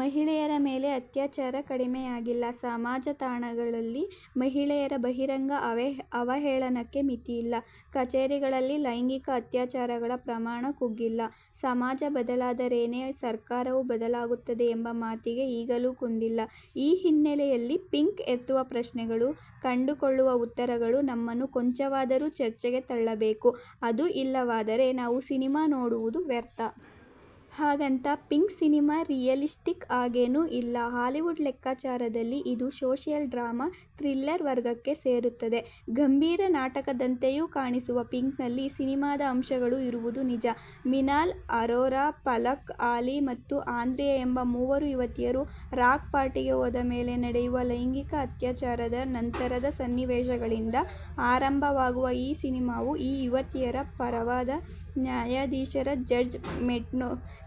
ಮಹಿಳೆಯರ ಮೇಲೆ ಅತ್ಯಾಚಾರ ಕಡಿಮೆಯಾಗಿಲ್ಲ; ಸಮಾಜತಾಣಗಳಲ್ಲಿ ಮಹಿಳೆಯರ ಬಹಿರಂಗ ಅವಹೇಳನಕ್ಕೆ ಮಿತಿಯಿಲ್ಲ; ಕಚೇರಿಗಳಲ್ಲಿ ಲೈಂಗಿಕ ಅತ್ಯಾಚಾರಗಳ ಪ್ರಮಾಣ ಕುಗ್ಗಿಲ್ಲ. ಸಮಾಜ ಬದಲಾದರೇನೇ ಸರ್ಕಾರವೂ ಬದಲಾಗುತ್ತದೆ ಎಂಬ ಮಾತಿಗೆ ಈಗಲೂ ಕುಂದಿಲ್ಲ. ಈ ಹಿನ್ನೆಲೆಯಲ್ಲಿ 'ಪಿಂಕ್' ಎತ್ತುವ ಪ್ರಶ್ನೆಗಳು, ಕಂಡುಕೊಳ್ಳುವ ಉತ್ತರಗಳು ನಮ್ಮನ್ನು ಕೊಂಚವಾದರೂ ಚರ್ಚೆಗೆ ತಳ್ಳಬೇಕು; ಅದೂ ಇಲ್ಲವಾದರೆ ನಾವು ಸಿನೆಮಾ ನೋಡುವುದೂ ವ್ಯರ್ಥ. ಹಾಗಂತ ಪಿಂಕ್' ಸಿನೆಮಾ ರಿಯಲಿಸ್ಟಿಕ್ ಆಗೇನೂ ಇಲ್ಲ; ಹಾಲಿವುಡ್ ಲೆಕ್ಕಾಚಾರದಲ್ಲಿ ಇದು ಸೋಶಿಯಲ್ ಡ್ರಾಮಾ ಥ್ರಿಲ್ಲರ್'ವರ್ಗಕ್ಕೆ ಸೇರುತ್ತದೆ. ಗಂಭೀರ ನಾಟಕದಂತೆಯೂ ಕಾಣಿಸುವ ಪಿಂಕ್'ನಲ್ಲಿ ಸಿನೆಮಾದ ಅಂಶಗಳೂ ಇರುವುದು ನಿಜ. ಮಿನಾಲ್ ಅರೋರಾ, ಫಲಕ್ ಆಲಿ ಮತ್ತು ಆಂದ್ರಿಯಾ ಎಂಬ ಮೂವರು ಯುವತಿಯರು ರಾಕ್ ಪಾರ್ಟಿಗೆ ಹೋದಮೇಲೆ ನಡೆಯುವ ಲೈಂಗಿಕ ಅತ್ಯಾಚಾರದ ನಂತರದ ಸನ್ನಿವೇಶಗಳಿಂದ ಆರಂಭವಾಗುವ ಈ ಸಿನೆಮಾವು ಈ ಯುವತಿಯರ ಪರವಾದ ನ್ಯಾಯಾಧೀಶರ ಜಡ್ಜ್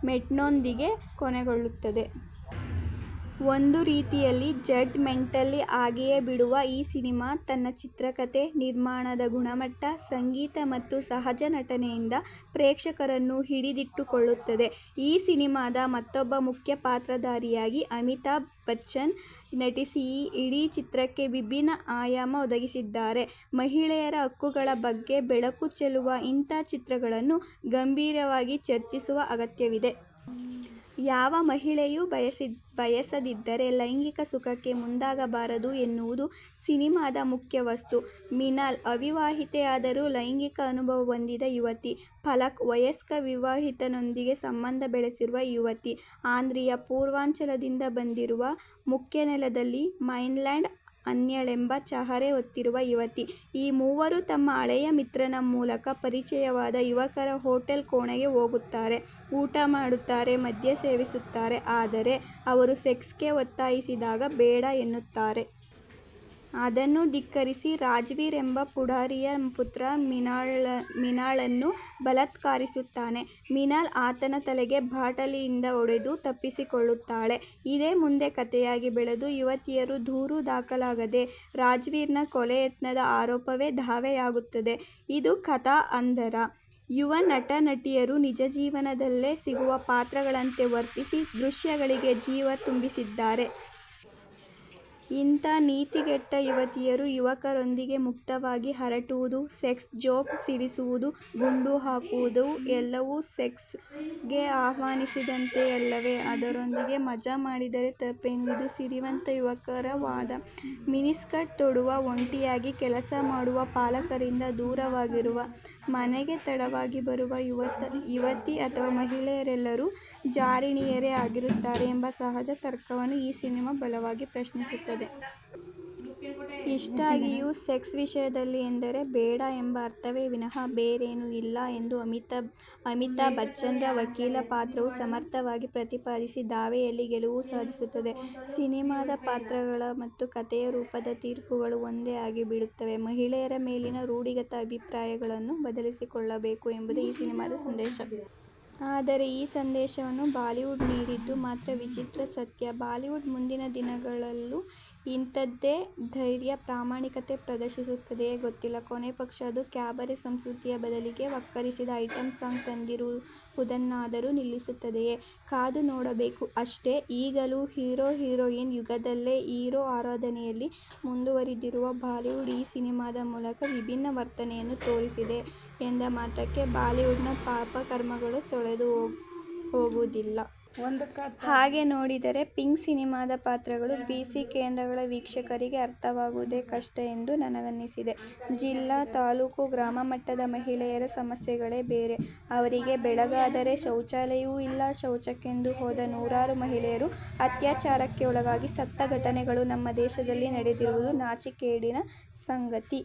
ಮೆಂಟ್ನೊಂದಿಗೆ ಕೊನೆಗೊಳ್ಳುತ್ತದೆ. ಒಂದು ರೀತಿಯಲ್ಲಿ ಜಡ್ಜ್ ಮೆಂಟಲ್ಲಿ ಆಗಿಯೇಬಿಡುವ ಈ ಸಿನೆಮಾ ತನ್ನ ಚಿತ್ರಕಥೆ, ನಿರ್ಮಾಣದ ಗುಣಮಟ್ಟ, ಸಂಗೀತ ಮತ್ತು ಸಹಜ ನಟನೆಯಿಂದ ಪ್ರೇಕ್ಷಕರನ್ನು ಹಿಡಿದಿಟ್ಟುಕೊಳ್ಳುತ್ತದೆ. ಈ ಸಿನೆಮಾದ ಮೊತ್ತೊಬ್ಬ ಮುಖ್ಯ ಪಾತ್ರಧಾರಿಯಾಗಿ ಅಮಿತಾಭ್ ಬಚ್ಚನ್ ನಟಿಸಿ ಇಡೀ ಚಿತ್ರಕ್ಕೆ ವಿಭಿನ್ನ ಆಯಾಮ ಒದಗಿಸಿದ್ದಾರೆ. ಮಹಿಳೆಯರ ಹಕ್ಕುಗಳ ಬಗ್ಗೆ ಬೆಳಕು ಚೆಲ್ಲುವ ಇಂಥ ಚಿತ್ರಗಳನ್ನು ಗಂಭೀರವಾಗಿ ಚರ್ಚಿಸುವ ಅಗತ್ಯವಿದೆ. ಯಾವ ಮಹಿಳೆಯೂ ಬಯಸದಿದ್ದರೆ ಲೈಂಗಿಕ ಸುಖಕ್ಕೆ ಮುಂದಾಗಬಾರದು ಎನ್ನುವುದು ಸಿನೆಮಾದ ಮುಖ್ಯ ವಸ್ತು. ಮಿನಾಲ್: ಅವಿವಾಹಿತೆಯಾದರೂ ಲೈಂಗಿಕ ಅನುಭವ ಹೊಂದಿದ ಯುವತಿ; ಫಲಕ್: ವಯಸ್ಕ ವಿವಾಹಿತನೊಂದಿಗೆ ಸಂಬಂಧ ಬೆಳೆಸಿರುವ ಯುವತಿ; ಆಂದ್ರಿಯಾ ಪೂರ್ವಾಂಚಲದಿಂದ ಬಂದಿರುವ, ಮುಖ್ಯನೆಲದಲ್ಲಿ –ಮೈನ್ಲ್ಯಾಂಡ್- ಅನ್ಯಳೆಂಬ ಚಹರೆ ಹೊತ್ತಿರುವ ಯುವತಿ. ಈ ಮೂವರೂ ತಮ್ಮ ಹಳೆಯ ಮಿತ್ರನ ಮೂಲಕ ಪರಿಚಯವಾದ ಯುವಕರ ಹೋಟೆಲ್ ಕೋಣೆಗೆ ಹೋಗುತ್ತಾರೆ; ಊಟ ಮಾಡುತ್ತಾರೆ; ಮದ್ಯ ಸೇವಿಸುತ್ತಾರೆ; ಆದರೂ ಅವರು ಸೆಕ್ಸ್ ಗೆ ಒತ್ತಾಯಿಸಿದಾಗ ಬೇಡ' ಎನ್ನುತ್ತಾರೆ. ಅದನ್ನೂ ಧಿಕ್ಕರಿಸಿ ರಾಜ್ವೀರ್ ಎಂಬ ಪುಢಾರಿಯ ಪುತ್ರ ಮಿನಾಲ್ಳನ್ನು ಬಲಾತ್ಕಾರಿಸುತ್ತಾನೆ; ಮಿನಾಲ್ ಆತನ ತಲೆಗೆ ಬಾಟಲಿಯಿಂದ ಹೊಡೆದು ತಪ್ಪಿಸಿಕೊಳ್ಳುತ್ತಾಳೆ. ಇದೇ ಮುಂದೆ ಕಥೆಯಾಗಿ ಬೆಳೆದು ಯುವತಿಯರ ದೂರು ದಾಖಲಾಗದೆ ರಾಜ್ವೀರ್ ನ ಕೊಲೆ ಯತ್ನದ ಆರೋಪವೇ ದಾವೆಯಾಗುತ್ತದೆ. ಇದು ಕಥಾ ಹಂದರ. ಯುವ ನಟ-ನಟಿಯರು ನಿಜಜೀವನದಲ್ಲೇ ಸಿಗುವ ಪಾತ್ರಗಳಂತೆ ವರ್ತಿಸಿ ದೃಶ್ಯಗಳಿಗೆ ಜೀವ ತುಂಬಿಸಿದ್ದಾರೆ. ಇಂಥ ನೀತಿಗೆಟ್ಟ' ಯುವತಿಯರು ಯುವಕರೊಂದಿಗೆ ಮುಕ್ತವಾಗಿ ಹರಟುವುದು, ಸೆಕ್ಸ್ ಜೋಕ್ ಸಿಡಿಸುವುದು, ಗುಂಡು ಹಾಕುವುದು- ಎಲ್ಲವೂ ಸೆಕ್ಸ್ ಗೆ ಆಹ್ವಾನಿಸಿದಂತೆಯೇ ಅಲ್ಲವೆ? ಅವರೊಂದಿಗೆ ಮಜಾ ಮಾಡಿದರೆ ತಪ್ಪೇನು? '– ಇದು ಸಿರಿವಂತ ಯುವಕರ ವಾದ. ಮಿನಿಸ್ಕರ್ಟ್ ತೊಡುವ, ಒಂಟಿಯಾಗಿ ಕೆಲಸ ಮಾಡುವ, ಪಾಲಕರಿಂದ ದೂರವಾಗಿರುವ, ಮನೆಗೆ ತಡವಾಗಿ ಬರುವ ಯುವತಿ ಅಥವ ಮಹಿಳೆಯರೆಲ್ಲರೂ ಜಾರಿಣಿಯರೇ ಆಗಿರುತ್ತಾರೆ ಎಂಬ ಸಹಜ ತರ್ಕವನ್ನು ಈ ಸಿನೆಮಾ ಬಲವಾಗಿ ಪ್ರಶ್ನಿಸುತ್ತದೆ. ಇಷ್ಟಾಗಿಯೂ, ಸೆಕ್ಸ್ ವಿಷಯದಲ್ಲಿ ಎಂದರೆ ಬೇಡ ಎಂಬ ಅರ್ಥವೇ ವಿನಃ ಬೇರೇನೂ ಇಲ್ಲ ಎಂದು ಅಮಿತಾಭ್ ಬಚ್ಚನ್ರ ವಕೀಲ ಪಾತ್ರವು ಸಮರ್ಥವಾಗಿ ಪ್ರತಿಪಾದಿಸಿ ದಾವೆಯಲ್ಲಿ ಗೆಲುವು ಸಾಧಿಸುತ್ತದೆ. ಸಿನೆಮಾದ ಪಾತ್ರಗಳ ಮತ್ತು ಕಥೆಯ ರೂಪದ ತೀರ್ಪುಗಳು ಒಂದೇ ಆಗಿಬಿಡುತ್ತವೆ. ಮಹಿಳೆಯರ ಮೇಲಿನ ರೂಢಿಗತ ಅಭಿಪ್ರಾಯಗಳನ್ನು ಬದಲಿಸಿಕೊಳ್ಳಬೇಕು ಎಂಬುದೇ ಈ ಸಿನೆಮಾದ ಸಂದೇಶ. ಆದರೆ ಈ ಸಂದೇಶವನ್ನು ಬಾಲಿವುಡ್ ನೀಡಿದ್ದು ಮಾತ್ರ ವಿಚಿತ್ರ ಸತ್ಯ. ಬಾಲಿವುಡ್ ಮುಂದಿನ ದಿನಗಳಲ್ಲೂ ಇಂಥದ್ದೇ ಧೈರ್ಯ, ಪ್ರಾಮಾಣಿಕತೆ ಪ್ರದರ್ಶಿಸುತ್ತದೆಯೆ? ಗೊತ್ತಿಲ್ಲ. ಕೊನೇ ಪಕ್ಷ ಅದು ಕ್ಯಾಬರೆ ಸಂಸ್ಕೃತಿಯ ಬದಲಿಗೆ ವಕ್ಕರಿಸಿದ ಐಟಂ ಸಾಂಗ್ ತಂದಿರುವುದನ್ನಾದರೂ ನಿಲ್ಲಿಸುತ್ತದೆಯೆ? ಕಾದು ನೋಡಬೇಕು, ಅಷ್ಟೆ. ಈಗಲೂ ಹೀರೋ-ಹೀರೋಯಿನ್ ಯುಗದಲ್ಲೇ ಹೀರೋ ಆರಾಧನೆ'ಯಲ್ಲಿ ಮುಂದುವರಿದಿರುವ ಬಾಲಿವುಡ್ ಈ ಸಿನೆಮಾದ ಮೂಲಕ ವಿಭಿನ್ನ ವರ್ತನೆಯನ್ನು ತೋರಿಸಿದೆ ಎಂದ ಮಾತ್ರಕ್ಕೆ ಬಾಲಿವುಡ್ನ ಪಾಪಕರ್ಮಗಳು ತೊಳೆದುಹೋಗುವುದಿಲ್ಲ. ಹಾಗೆ ನೋಡಿದರೆ ಪಿಂಕ್' ಸಿನೆಮಾದ ಪಾತ್ರಗಳು ಬಿ-ಸಿ ಕೇಂದ್ರಗಳ ವೀಕ್ಷಕರಿಗೆ ಅರ್ಥವಾಗುವುದೇ ಕಷ್ಟ ಎಂದು ನನಗನ್ನಿಸಿದೆ. ಜಿಲ್ಲಾ-ತಾಲೂಕು-ಗ್ರಾಮಮಟ್ಟದ ಮಹಿಳೆಯರ ಸಮಸ್ಯೆಗಳೇ ಬೇರೆ. ಅವರಿಗೆ ಬೆಳಗಾದರೆ ಶೌಚಾಲಯವೂ ಇಲ್ಲ. ಶೌಚಕ್ಕೆಂದು ಹೋದ ನೂರಾರು ಮಹಿಳೆಯರು ಅತ್ಯಾಚಾರಕ್ಕೆ ಒಳಗಾಗಿ ಸತ್ತ ಘಟನೆಗಳು ನಮ್ಮ ದೇಶದಲ್ಲಿ ನಡೆದಿರುವುದು ನಾಚಿಕೆಗೇಡಿನ ಸಂಗತಿ.